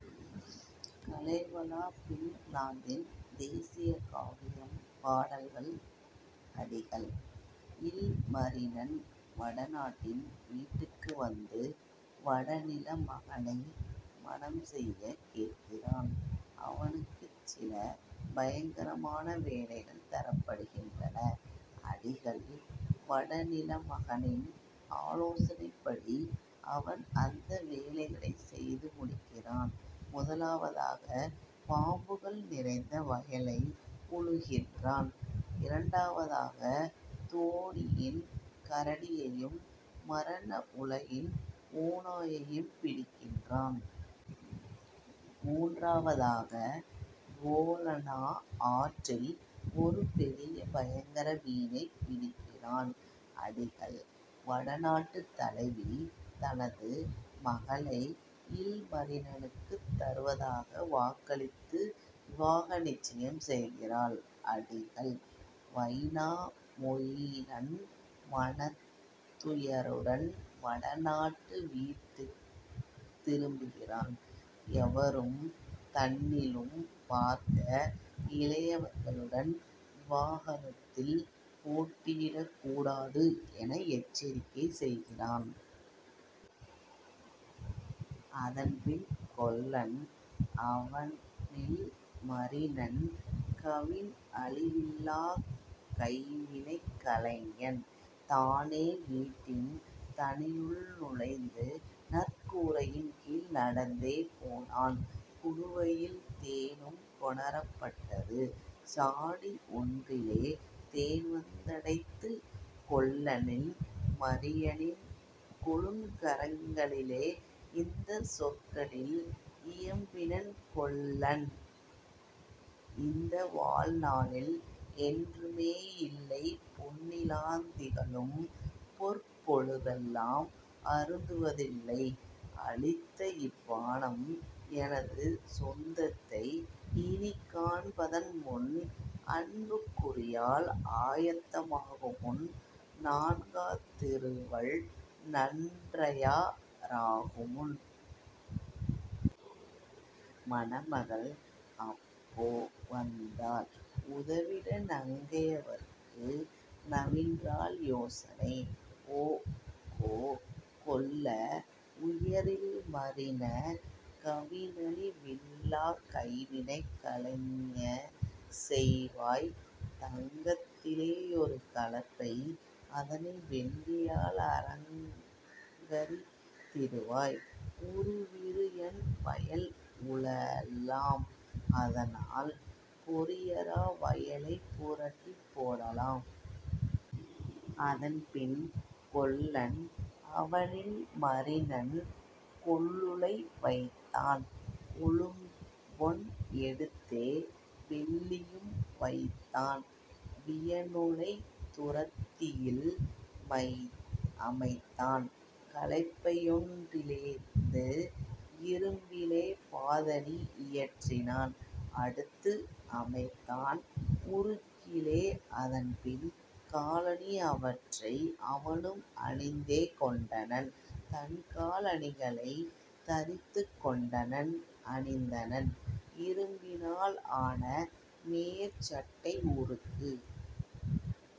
Kalevala பின்லாந்தின் தேசிய காவியம் பாடல்கள் அடிகள்: இல்மரினன் வடநாட்டின் வீட்டுக்கு வந்து வடநில மகனை மணம் செய்யக் கேட்கிறான். அவனுக்குச் சில பயங்கரமான வேலைகள் தரப்படுகின்றன. அடிகள்: வடநில மகனின் ஆலோசனைப்படி அவன் அந்த வேலைகளைச் செய்து முடிக்கிறான். முதலாவதாக பாம்புகள் நிறைந்த வயலை உழுகின்றான்; இரண்டாவதாக துவோனியின் கரடியையும் மரண உலகின் ஓநாயையும் பிடிக்கின்றான். மூன்றாவதாக துவோனலா ஆற்றில் ஒரு பெரிய பயங்கர மீனைப் பிடிக்கிறான். அடிகள்: வடநாட்டுத் தலைவி தனது மகளை இல்மரினனுக்குத் தருவதாக வாக்களித்து விவாக நிச்சயம் செய்கிறாள். அடிகள்: வைனாமொயினன் மனத்துயருடன் வடநாட்டு வீட்டுத் திரும்புகிறான். எவரும் தன்னிலும் பார்க்க இளையவர்களுடன் விவாகத்தில் போட்டியிடக் கூடாது என எச்சரிக்கை செய்கிறான். அதன்பின் கொல்லன் அவன்இல் மரினன் கவின்அழி வில்லாக் கைவினைக் கலைஞன் தானே வீட்டின் தனியுள் நுழைந்து நற்கூ ரையின்கீழ் நடந்தே போனான். குடுவையில் தேனும் கொணரப் பட்டது சாடி ஒன்றிலே தேன்வந் தடைந்தது கொல்லன்இல் மரினனின் கொழுங்கரங் களிலே; இந்தச் சொற்களில் இயம்பினன் கொல்லன்: "இந்தவாழ் நாளில் என்றுமே யில்லை பொன்னிலாத் திகழும் பொற்பொழு தெல்லாம் அருந்துவ தில்லை அளித்தஇப் பானம் எனது சொந் தத்தை இனிக்காண் பதன்முன் அன்புக் குரியாள் ஆயத்த மாகுமுன் நான்காத் திருவள் நன்றயா ராகுமுன். " மணமகள் அப்போ வந்தாள் உதவிட நங்கை யவற்கு நவின்றாள் யோசனை: "ஓகோ, கொல்ல, உயர்இல் மரின! கவினழி வில்லாக் கைவினைக் கலைஞ! செய்வாய் தங்கத் திலேயொரு கலப்பை அதனை வெள்ளியால் அலங்கரித் திடுவாய் உறுவிரி யன்வயல் உழலாம் அதனால் பொறியரா வயலைப் புரட்டிப் போடலாம். " அதன்பின் கொல்லன் அவன்இல் மரினன் கொல்லுலை வைத்தான் கொழும்பொன் எடுத்தே வெள்ளியும் வைத்தான் வியனுலைத் துரத்தியில் அமைத்தான் கலப்பையொன் றிலே யிருந்து; இரும்பிலே பாதணி இயற்றினான் அடுத்து அமைத்தான் உருக்கிலே அதன்பின் காலணி அவற்றை அவனும் அணிந்தே கொண்டனன் தன்கால் அணிகளைத் தரித்துக் கொண்டனன் அணிந்தனன் இரும்பினால் ஆனமேற் சட்டை உருக்கு